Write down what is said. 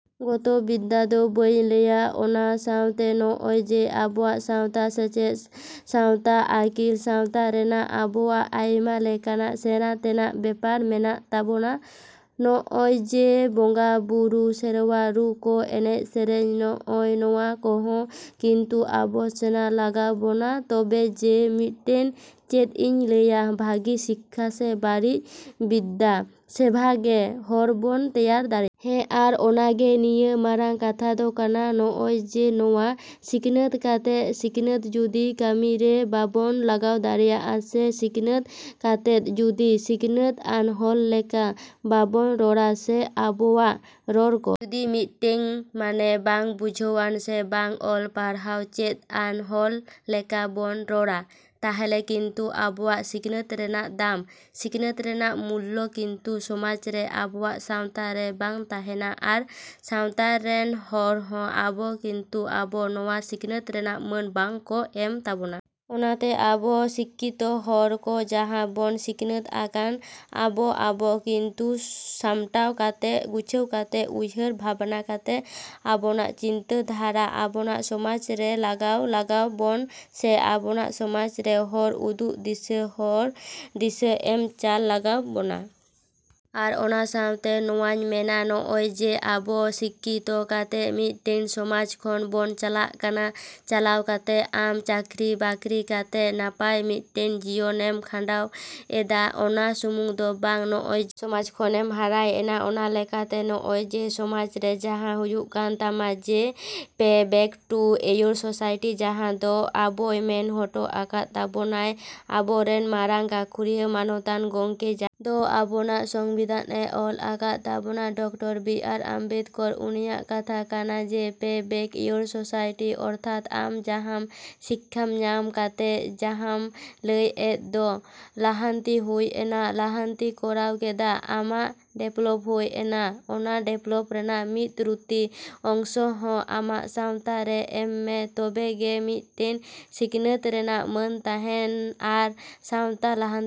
ᱜᱚᱛᱚ ᱵᱤᱫᱽᱫᱟ ᱫᱚ ᱵᱟᱹᱧ ᱞᱟᱹᱭᱟ, ᱚᱱᱟ ᱥᱟᱶᱛᱮ ᱱᱚᱜᱼᱚᱭ ᱡᱮ ᱟᱵᱚᱣᱟᱜ ᱥᱟᱶᱛᱟ ᱥᱮᱪᱮᱫ, ᱥᱟᱶᱛᱟ ᱟᱹᱠᱤᱞ, ᱥᱟᱶᱛᱟ ᱨᱮᱭᱟᱜ ᱟᱵᱚᱣᱟᱜ ᱟᱭᱢᱟ ᱞᱮᱠᱟᱱᱟᱜ ᱥᱮᱸᱬᱟ ᱛᱮᱱᱟᱜ ᱵᱮᱯᱟᱨ ᱢᱮᱱᱟᱜ ᱛᱟᱵᱚᱱᱟ᱾ ᱱᱚᱜᱼᱚᱭ ᱡᱮ ᱵᱚᱸᱜᱟᱼᱵᱩᱨᱩ, ᱥᱮᱨᱣᱟ, ᱨᱩ ᱠᱚ, ᱮᱱᱮᱡ ᱥᱮᱨᱮᱧ, ᱱᱚᱜᱼᱚ ᱱᱚᱣᱟ ᱠᱚᱦᱚᱸ ᱠᱤᱱᱛᱩ ᱟᱵᱚ ᱥᱮᱬᱟ ᱞᱟᱜᱟᱣ ᱵᱚᱱᱟ ᱛᱚᱵᱮ ᱡᱮ ᱢᱤᱫᱴᱤᱱ ᱪᱮᱫ ᱤᱧ ᱞᱟᱹᱭᱟ ᱵᱷᱟᱹᱜᱤ ᱥᱤᱠᱠᱷᱟᱹ ᱥᱮ ᱵᱷᱟᱹᱜᱤ ᱵᱤᱫᱽᱫᱟᱹ ᱥᱮᱵᱷᱟᱜᱮ ᱦᱚᱲᱵᱚᱱ ᱛᱮᱭᱟᱨ ᱫᱟᱲᱮᱭᱟᱜᱼᱟ᱾ ᱦᱮᱸ ᱟᱨ ᱚᱱᱟᱜᱮ ᱱᱤᱭᱟᱹ ᱢᱟᱨᱟᱝ ᱠᱟᱛᱷᱟ ᱫᱚ ᱠᱟᱱᱟ᱾ ᱱᱚᱜᱼᱚᱭ ᱡᱮ ᱱᱚᱣᱟ ᱥᱤᱠᱷᱱᱟᱹᱛ ᱠᱟᱛᱮᱫ ᱥᱤᱠᱷᱱᱟᱹᱛ ᱡᱩᱫᱤ ᱠᱟᱹᱢᱤᱨᱮ ᱵᱟᱵᱚᱱ ᱞᱟᱜᱟᱣ ᱫᱟᱲᱮᱭᱟᱜᱼᱟ ᱥᱮ ᱥᱤᱠᱷᱱᱟᱹᱛ ᱠᱟᱛᱮᱫ ᱡᱩᱫᱤ ᱥᱤᱠᱷᱱᱟᱹᱛ ᱟᱱ ᱦᱚᱲ ᱞᱮᱠᱟ ᱵᱟᱵᱚᱱ ᱨᱚᱲᱟ ᱥᱮ ᱟᱵᱚᱣᱟᱜ ᱨᱚᱲ ᱠᱚ ᱡᱩᱫᱤ ᱢᱤᱫᱴᱤᱱ ᱢᱟᱱᱮ ᱵᱟᱝ ᱵᱩᱡᱷᱟᱹᱣᱟᱱ ᱥᱮ ᱵᱟᱝ ᱚᱞ ᱯᱟᱲᱦᱟᱣ ᱪᱮᱫ ᱟᱱ ᱦᱚᱲ ᱞᱮᱠᱟ ᱵᱚᱱ ᱨᱚᱲᱟ, ᱛᱟᱦᱚᱞᱮ ᱠᱤᱱᱛᱩ ᱟᱵᱚᱣᱟᱜ ᱥᱤᱠᱷᱟᱹᱛ ᱨᱮᱭᱟᱜ ᱫᱟᱢ, ᱥᱤᱠᱱᱟᱹᱛ ᱨᱮᱭᱟᱜ ᱢᱩᱞᱞᱚ ᱠᱤᱱᱛᱩ ᱥᱚᱢᱟᱡᱽ ᱨᱮ, ᱟᱵᱚᱣᱟᱜ ᱥᱟᱶᱛᱟ ᱨᱮ ᱵᱟᱝ ᱛᱟᱦᱮᱱᱟ ᱟᱨ ᱥᱟᱶᱛᱟ ᱨᱮᱱ ᱦᱚᱲ ᱦᱚᱸ ᱟᱵᱚ ᱠᱤᱱᱛᱩ ᱟᱵᱚ ᱱᱚᱣᱟ ᱥᱤᱠᱷᱱᱟᱹᱛ ᱨᱮᱭᱟᱜ ᱢᱟᱹᱱ ᱵᱟᱝ ᱠᱚ ᱮᱢᱟᱜ ᱛᱟᱵᱚᱱᱟ᱾ ᱚᱱᱟᱛᱮ ᱟᱵᱚ ᱥᱤᱠᱠᱷᱤᱛᱚ ᱦᱚᱲ ᱠᱚ ᱡᱟᱦᱟᱭ ᱵᱚᱱ ᱥᱤᱠᱷᱱᱟᱹᱛ ᱠᱟᱱᱟ, ᱟᱵᱚ ᱟᱵᱚ ᱠᱤᱱᱛᱩ ᱥᱟᱢᱴᱟᱣ ᱠᱟᱛᱮ, ᱜᱩᱪᱷᱟᱹᱣ ᱠᱟᱛᱮ, ᱩᱭᱦᱟᱹᱨ ᱵᱷᱟᱵᱽᱱᱟ ᱠᱟᱛᱮᱫ ᱟᱵᱚᱣᱟᱜ ᱪᱤᱱᱛᱟᱹ ᱫᱷᱟᱨᱟ ᱟᱵᱚᱣᱟᱜ ᱥᱚᱢᱟᱡᱽ ᱨᱮ ᱞᱟᱜᱟᱣ ᱞᱟᱜᱟᱣ ᱵᱚᱱᱟ ᱥᱮ ᱟᱵᱚᱣᱟᱜ ᱥᱚᱢᱟᱡᱽ ᱨᱮ ᱦᱚᱲ ᱩᱫᱩᱜ ᱫᱤᱥᱟᱹ, ᱦᱚᱨ ᱫᱤᱥᱟᱹ ᱮᱢ ᱪᱟᱞ ᱞᱟᱜᱟᱣ ᱵᱚᱱᱟ᱾ ᱟᱨ ᱚᱱᱟ ᱥᱟᱶᱛᱮ ᱱᱚᱣᱟᱧ ᱢᱮᱱᱟ, ᱱᱚᱜᱼᱚᱭ ᱡᱮ ᱟᱵᱚ ᱥᱤᱠᱠᱷᱤᱛᱚ ᱠᱟᱛᱮᱫ ᱢᱤᱫᱴᱤᱡ ᱥᱚᱢᱟᱡᱽ ᱠᱷᱚᱱ ᱵᱚᱱ ᱪᱟᱞᱟᱜ ᱠᱟᱱᱟ, ᱪᱟᱞᱟᱣ ᱠᱟᱛᱮᱫ ᱟᱢ ᱪᱟᱹᱠᱨᱤ ᱵᱟᱹᱠᱨᱤ ᱠᱟᱛᱮᱫ ᱱᱟᱯᱟᱭ ᱢᱤᱫᱴᱤᱱ ᱡᱤᱭᱚᱱᱮᱢ ᱠᱷᱟᱸᱱᱰᱟᱣ ᱮᱫᱟ, ᱚᱱᱟ ᱥᱩᱢᱩᱝ ᱫᱚ ᱵᱟᱝ᱾ ᱱᱚᱜᱼᱚᱭ ᱡᱮ ᱥᱚᱢᱟᱡᱽ ᱠᱷᱚᱱ ᱮᱢ ᱦᱟᱨᱟᱭᱮᱱᱟ, ᱚᱱᱟ ᱞᱮᱠᱟᱛᱮ ᱱᱚᱜᱼᱚᱭ ᱡᱮ ᱥᱚᱢᱟᱡᱽ ᱨᱮ ᱡᱟᱦᱟᱸ ᱦᱩᱭᱩᱜ ᱠᱟᱱ ᱛᱟᱢᱟ ᱡᱮ ᱯᱮ ᱵᱮᱠ ᱴᱩ ᱤᱭᱳᱨ ᱥᱳᱥᱟᱭᱴᱤ ᱡᱟᱦᱟᱸ ᱫᱚ ᱟᱵᱚᱭ ᱢᱮᱱ ᱦᱚᱴᱚ ᱟᱠᱟᱫ ᱛᱟᱵᱚᱱᱟᱭ ᱟᱵᱚᱨᱮᱱ ᱢᱟᱨᱟᱝ ᱜᱟᱹᱠᱷᱩᱲᱟᱱ ᱢᱟᱱᱚᱛᱟᱱ ᱜᱚᱢᱠᱮ ᱡᱟᱦᱟᱸᱭ ᱫᱚ ᱟᱵᱚᱱᱟᱜ ᱥᱚᱝᱵᱤᱫᱷᱟᱱᱮ ᱚᱞ ᱟᱠᱟᱫ ᱛᱟᱵᱚᱱᱟ ᱰᱚᱠᱴᱚᱨ ᱵᱤ ᱟᱨ ᱟᱢᱵᱮᱫᱠᱚᱨ, ᱩᱱᱤᱭᱟᱜ ᱠᱟᱛᱷᱟ ᱠᱟᱱᱟ ᱡᱮ ᱯᱮ ᱵᱮᱠ ᱤᱭᱳᱨ ᱥᱳᱥᱟᱭᱤ ᱚᱨᱛᱷᱟᱛ ᱟᱢ ᱡᱟᱦᱟᱸᱢ ᱥᱤᱠᱠᱷᱟ ᱧᱟᱢ ᱠᱟᱛᱮᱫ ᱡᱟᱦᱟᱸᱢ ᱞᱟᱦᱟᱭᱮᱱ ᱫᱚ, ᱞᱟᱦᱟᱱᱛᱤᱢ ᱦᱩᱭ ᱮᱱᱟ, ᱞᱟᱦᱟᱱᱛᱤᱢ ᱠᱚᱨᱟᱣ ᱠᱮᱫᱟ, ᱟᱢᱟᱜ ᱰᱮᱵᱷᱞᱚᱯ ᱦᱩᱭ ᱮᱱᱟ, ᱚᱱᱟ ᱰᱮᱵᱷᱞᱚᱯ ᱨᱮᱱᱟᱜ ᱢᱤᱫ ᱨᱩᱛᱤ ᱚᱝᱥᱚ ᱦᱚᱸ ᱟᱢᱟᱜ ᱥᱟᱶᱛᱟ ᱨᱮ ᱮᱢ ᱢᱮ ᱛᱚᱵᱮᱜᱮ ᱢᱤᱫᱴᱤᱡ ᱥᱤᱠᱷᱱᱟᱹᱛ ᱨᱮᱭᱟᱜ ᱢᱟᱹᱱ ᱛᱟᱦᱮᱱᱟ ᱟᱨ ᱥᱟᱶᱛᱟ ᱞᱟᱦᱟᱱᱛᱤᱜᱼᱟ᱾